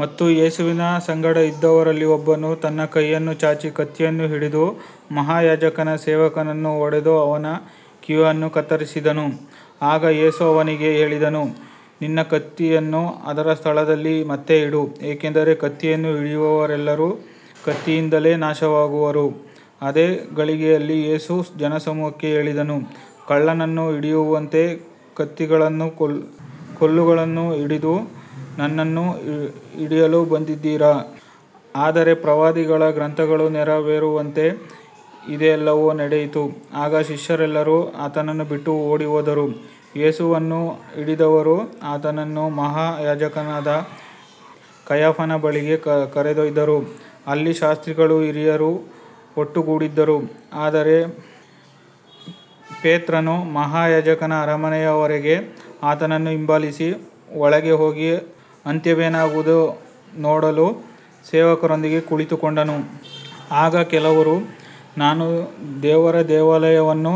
ಮತ್ತು ಯೇಸುವಿನ ಸಂಗಡ ಇದ್ದವರಲ್ಲಿ ಒಬ್ಬನು ತನ್ನ ಕೈಯನ್ನು ಚಾಚಿ ಕತ್ತಿಯನ್ನು ಹಿರಿದು ಮಹಾಯಾಜಕನ ಸೇವಕನನ್ನು ಹೊಡೆದು ಅವನ ಕಿವಿಯನ್ನು ಕತ್ತರಿಸಿದನು. ಆಗ ಯೇಸು ಅವನಿಗೆ ಹೇಳಿದನು, ನಿನ್ನ ಕತ್ತಿಯನ್ನು ಅದರ ಸ್ಥಳದಲ್ಲಿ ಮತ್ತೆ ಇಡು, ಏಕೆಂದರೆ ಕತ್ತಿಯನ್ನು ಹಿಡಿಯುವವರೆಲ್ಲರೂ ಕತ್ತಿಯಿಂದಲೇ ನಾಶವಾಗುವರು. ಅದೇ ಗಳಿಗೆಯಲ್ಲಿ ಯೇಸು ಜನಸಮೂಹಕ್ಕೆ ಹೇಳಿದನು, ಕಳ್ಳನನ್ನು ಹಿಡಿಯುವಂತೆ ಕತ್ತಿಗಳನ್ನೂ ಕೋಲುಗಳನ್ನೂ ಹಿಡಿದು ನನ್ನನ್ನು ಹಿಡಿಯಲು ಬಂದಿದ್ದೀರಾ. ಆದರೆ ಪ್ರವಾದಿಗಳ ಗ್ರಂಥಗಳು ನೆರವೇರುವಂತೆ ಇದೆಲ್ಲವೂ ನಡೆಯಿತು. ಆಗ ಶಿಷ್ಯರೆಲ್ಲರೂ ಆತನನ್ನು ಬಿಟ್ಟು ಓಡಿಹೋದರು. ಯೇಸುವನ್ನು ಹಿಡಿದವರು ಆತನನ್ನು ಮಹಾಯಾಜಕನಾದ ಕಾಯಫನ ಬಳಿಗೆ ಕರೆದೊಯ್ದರು, ಅಲ್ಲಿ ಶಾಸ್ತ್ರಿಗಳೂ ಹಿರಿಯರೂ ಒಟ್ಟುಗೂಡಿದ್ದರು. ಆದರೆ ಪೇತ್ರನು ಮಹಾಯಾಜಕನ ಅರಮನೆಯವರೆಗೆ ಆತನನ್ನು ಹಿಂಬಾಲಿಸಿ, ಒಳಗೆ ಹೋಗಿ ಅಂತ್ಯವೇನಾಗುವುದೋ ನೋಡಲು ಸೇವಕರೊಂದಿಗೆ ಕುಳಿತುಕೊಂಡನು. ಆಗ ಕೆಲವರು, ನಾನು ದೇವರ ದೇವಾಲಯವನ್ನು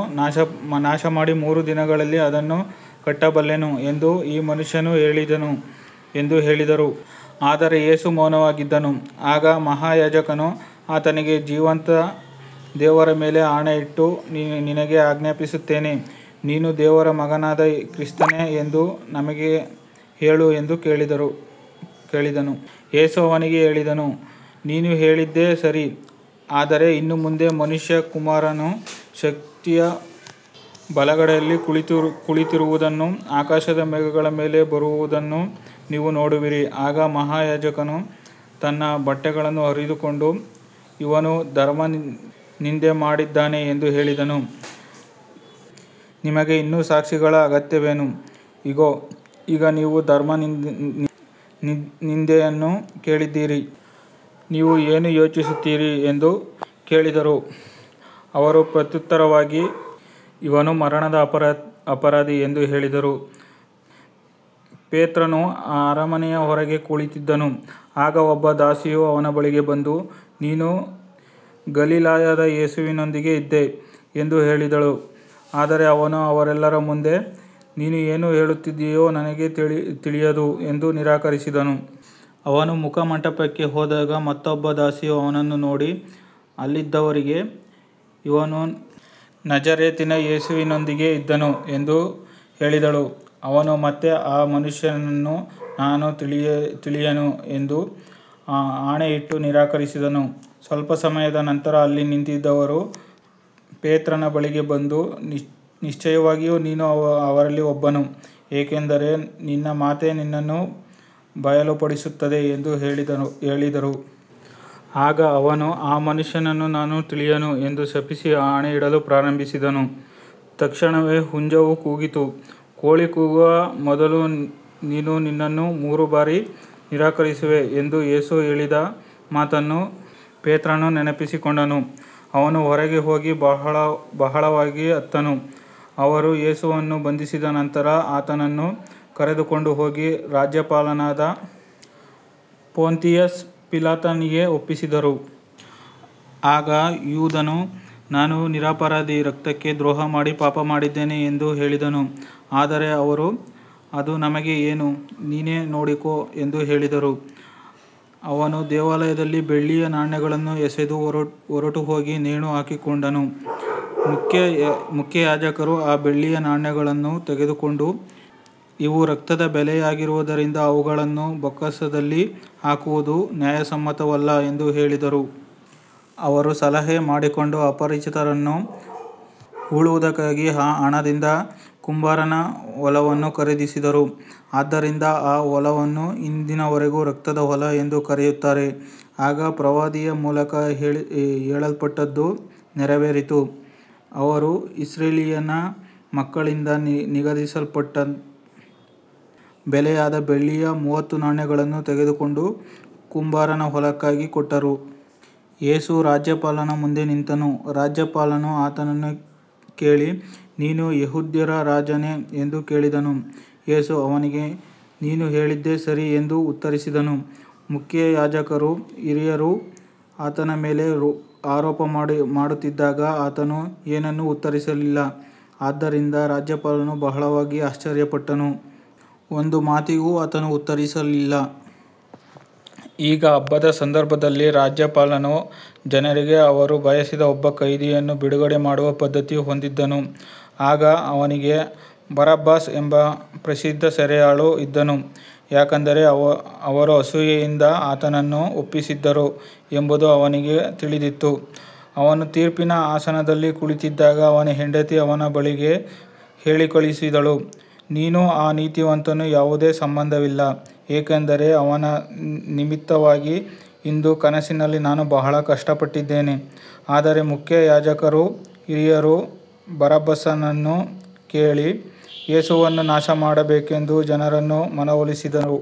ನಾಶಮಾಡಿ ಮೂರು ದಿನಗಳಲ್ಲಿ ಅದನ್ನು ಕಟ್ಟಬಲ್ಲೆನು ಎಂದು ಈ ಮನುಷ್ಯನು ಹೇಳಿದನು ಎಂದು ಹೇಳಿದರು. ಆದರೆ ಯೇಸು ಮೌನವಾಗಿದ್ದನು. ಆಗ ಮಹಾಯಾಜಕನು ಆತನಿಗೆ, ಜೀವಂತ ದೇವರ ಮೇಲೆ ಆಣೆ ಇಟ್ಟು ನಿನಗೆ ಆಜ್ಞಾಪಿಸುತ್ತೇನೆ, ನೀನು ದೇವರ ಮಗನಾದ ಕ್ರಿಸ್ತನೇ ಎಂದು ನಮಗೆ ಹೇಳು ಎಂದು ಹೇಳಿದನು. ಯೇಸು ಅವನಿಗೆ ಹೇಳಿದನು, ನೀನು ಹೇಳಿದ್ದೇ ಸರಿ. ಆದರೆ ಇನ್ನು ಮುಂದೆ ಮನುಷ್ಯಕುಮಾರನು ಶಕ್ತಿಯ ಬಲಗಡೆಯಲ್ಲಿ ಕುಳಿತಿರುವುದನ್ನೂ ಆಕಾಶದ ಮೇಘಗಳ ಮೇಲೆ ಬರುವುದನ್ನೂ ನೀವು ನೋಡುವಿರಿ. ಆಗ ಮಹಾಯಾಜಕನು ತನ್ನ ಬಟ್ಟೆಗಳನ್ನು ಹರಿದುಕೊಂಡು, ಇವನು ಧರ್ಮನಿಂದೆ ಮಾಡಿದ್ದಾನೆ ಎಂದು ಹೇಳಿದನು. ನಮಗೆ ಇನ್ನು ಸಾಕ್ಷಿಗಳ ಅಗತ್ಯವೇನು, ಇಗೋ, ಈಗ ನೀವು ಧರ್ಮನಿಂದೆಯನ್ನು ಕೇಳಿದ್ದೀರಿ. ನೀವು ಏನು ಯೋಚಿಸುತ್ತೀರಿ ಎಂದು ಕೇಳಿದರು. ಅವರು ಪ್ರತ್ಯುತ್ತರವಾಗಿ, ಇವನು ಮರಣದ ಅಪರಾಧಿ ಎಂದು ಹೇಳಿದರು. ಪೇತ್ರನು ಅರಮನೆಯ ಹೊರಗೆ ಕುಳಿತಿದ್ದನು. ಆಗ ಒಬ್ಬ ದಾಸಿಯು ಅವನ ಬಳಿಗೆ ಬಂದು, ನೀನೂ ಗಲಿಲಾಯದ ಯೇಸುವಿನೊಂದಿಗೆ ಇದ್ದೆ ಎಂದು ಹೇಳಿದಳು. ಆದರೆ ಅವನು ಅವರೆಲ್ಲರ ಮುಂದೆ, ನೀನು ಏನು ಹೇಳುತ್ತಿದ್ದೀಯೋ ನನಗೆ ತಿಳಿಯದು ಎಂದು ನಿರಾಕರಿಸಿದನು. ಅವನು ಮುಖಮಂಟಪಕ್ಕೆ ಹೋದಾಗ ಮತ್ತೊಬ್ಬ ದಾಸಿಯು ಅವನನ್ನು ನೋಡಿ ಅಲ್ಲಿದ್ದವರಿಗೆ, ಇವನೂ ನಜರೇತಿನ ಯೇಸುವಿನೊಂದಿಗೆ ಇದ್ದನು ಎಂದು ಹೇಳಿದಳು. ಅವನು ಮತ್ತೆ, ಆ ಮನುಷ್ಯನನ್ನು ನಾನು ತಿಳಿಯೆನು ಎಂದು ಆಣೆಯಿಟ್ಟು ನಿರಾಕರಿಸಿದನು. ಸ್ವಲ್ಪ ಸಮಯದ ನಂತರ ಅಲ್ಲಿ ನಿಂತಿದ್ದವರು ಪೇತ್ರನ ಬಳಿಗೆ ಬಂದು, ನಿಶ್ಚಯವಾಗಿಯೂ ನೀನೂ ಅವರಲ್ಲಿ ಒಬ್ಬನು, ಏಕೆಂದರೆ ನಿನ್ನ ಮಾತೇ ನಿನ್ನನ್ನು ಬಯಲುಪಡಿಸುತ್ತದೆ ಎಂದು ಹೇಳಿದರು. ಆಗ ಅವನು, ಆ ಮನುಷ್ಯನನ್ನು ನಾನು ತಿಳಿಯೆನು ಎಂದು ಶಪಿಸಿ ಆಣೆಯಿಡಲು ಪ್ರಾರಂಭಿಸಿದನು. ತಕ್ಷಣವೇ ಹುಂಜವು ಕೂಗಿತು. ಕೋಳಿ ಕೂಗುವ ಮೊದಲು ನೀನು ನನ್ನನ್ನು ಮೂರು ಬಾರಿ ನಿರಾಕರಿಸುವೆ ಎಂದು ಯೇಸು ಹೇಳಿದ ಮಾತನ್ನು ಪೇತ್ರನು ನೆನಪಿಸಿಕೊಂಡನು. ಅವನು ಹೊರಗೆ ಹೋಗಿ ಬಹಳವಾಗಿ ಅತ್ತನು. ಅವರು ಯೇಸುವನ್ನು ಬಂಧಿಸಿದ ನಂತರ ಆತನನ್ನು ಕರೆದುಕೊಂಡು ಹೋಗಿ ರಾಜ್ಯಪಾಲನಾದ ಪೊಂತಿಯಸ್ ಪಿಲಾತನಿಗೆ ಒಪ್ಪಿಸಿದರು. ಆಗ ಯೂದನು, ನಾನು ನಿರಪರಾಧಿ ರಕ್ತಕ್ಕೆ ದ್ರೋಹಮಾಡಿ ಪಾಪ ಮಾಡಿದ್ದೇನೆ ಎಂದು ಹೇಳಿದನು. ಆದರೆ ಅವರು, ಅದು ನಮಗೆ ಏನು, ನೀನೇ ನೋಡಿಕೋ ಎಂದು ಹೇಳಿದರು. ಅವನು ದೇವಾಲಯದಲ್ಲಿ ಬೆಳ್ಳಿಯ ನಾಣ್ಯಗಳನ್ನು ಎಸೆದು ಹೊರಟುಹೋಗಿ ನೇಣು ಹಾಕಿಕೊಂಡನು. ಮುಖ್ಯಯಾಜಕರು ಆ ಬೆಳ್ಳಿಯ ನಾಣ್ಯಗಳನ್ನು ತೆಗೆದುಕೊಂಡು, ಇವು ರಕ್ತದ ಬೆಲೆಯಾಗಿರುವುದರಿಂದ ಅವುಗಳನ್ನು ಬೊಕ್ಕಸದಲ್ಲಿ ಹಾಕುವುದು ನ್ಯಾಯಸಮ್ಮತವಲ್ಲ ಎಂದು ಹೇಳಿದರು. ಅವರು ಸಲಹೆ ಮಾಡಿಕೊಂಡು ಅಪರಿಚಿತರನ್ನು ಹೂಳುವುದಕ್ಕಾಗಿ ಆ ಹಣದಿಂದ ಕುಂಬಾರನ ಹೊಲವನ್ನು ಖರೀದಿಸಿದರು. ಆದ್ದರಿಂದ ಆ ಹೊಲವನ್ನು ಇಂದಿನವರೆಗೂ ರಕ್ತದ ಹೊಲ ಎಂದು ಕರೆಯುತ್ತಾರೆ. ಆಗ ಪ್ರವಾದಿಯ ಮೂಲಕ ಹೇಳಲ್ಪಟ್ಟದ್ದು ನೆರವೇರಿತು, ಅವರು ಇಸ್ರಾಯೇಲಿನ ಮಕ್ಕಳಿಂದ ನಿಗದಿಪಡಿಸಲ್ಪಟ್ಟ ಬೆಲೆಯಾದ ಬೆಳ್ಳಿಯ ಮೂವತ್ತು ನಾಣ್ಯಗಳನ್ನು ತೆಗೆದುಕೊಂಡು ಕುಂಬಾರನ ಹೊಲಕ್ಕಾಗಿ ಕೊಟ್ಟರು. ಯೇಸು ರಾಜ್ಯಪಾಲನ ಮುಂದೆ ನಿಂತನು. ರಾಜ್ಯಪಾಲನು ಆತನನ್ನು ಕೇಳಿ, ನೀನು ಯೆಹೂದ್ಯರ ರಾಜನೇ ಎಂದು ಹೇಳಿದನು. ಯೇಸು ಅವನಿಗೆ, ನೀನು ಹೇಳಿದ್ದೇ ಸರಿ ಎಂದು ಉತ್ತರಿಸಿದನು. ಮುಖ್ಯಯಾಜಕರೂ ಹಿರಿಯರೂ ಆತನ ಮೇಲೆ ಆರೋಪ ಮಾಡುತ್ತಿದ್ದಾಗ ಆತನು ಏನನ್ನೂ ಉತ್ತರಿಸಲಿಲ್ಲ. ಆದ್ದರಿಂದ ರಾಜ್ಯಪಾಲನು ಬಹಳವಾಗಿ ಆಶ್ಚರ್ಯಪಟ್ಟನು, ಒಂದು ಮಾತಿಗೂ ಆತನು ಉತ್ತರಿಸಲಿಲ್ಲ. ಈಗ ಹಬ್ಬದ ಸಂದರ್ಭದಲ್ಲಿ ರಾಜ್ಯಪಾಲನು ಜನರಿಗೆ ಅವರು ಬಯಸಿದ ಒಬ್ಬ ಖೈದಿಯನ್ನು ಬಿಡುಗಡೆ ಮಾಡುವ ಪದ್ಧತಿ ಹೊಂದಿದ್ದನು. ಆಗ ಅವರಿಗೆ ಬರಬ್ಬಾಸ್ ಎಂಬ ಪ್ರಸಿದ್ಧ ಸೆರೆಯಾಳು ಇದ್ದನು. ಯಾಕಂದರೆ ಅವರು ಅಸೂಯೆಯಿಂದ ಆತನನ್ನು ಒಪ್ಪಿಸಿದ್ದರು ಎಂಬುದು ಅವನಿಗೆ ತಿಳಿದಿತ್ತು. ಅವನು ತೀರ್ಪಿನ ಆಸನದಲ್ಲಿ ಕುಳಿತಿದ್ದಾಗ ಅವನ ಹೆಂಡತಿ ಅವನ ಬಳಿಗೆ ಹೇಳಿಕಳುಹಿಸಿದಳು, ನೀನೂ ಆ ನೀತಿವಂತನೂ ಯಾವುದೇ ಸಂಬಂಧವಿಲ್ಲ, ಏಕೆಂದರೆ ಅವನ ನಿಮಿತ್ತವಾಗಿ ಇಂದು ಕನಸಿನಲ್ಲಿ ನಾನು ಬಹಳ ಕಷ್ಟಪಟ್ಟಿದ್ದೇನೆ. ಆದರೆ ಮುಖ್ಯಯಾಜಕರೂ ಹಿರಿಯರೂ ಬರಬ್ಬಾಸನನ್ನು ಕೇಳಿ ಯೇಸುವನ್ನು ನಾಶಮಾಡಬೇಕೆಂದು ಜನರನ್ನು ಮನವೊಲಿಸಿದರು.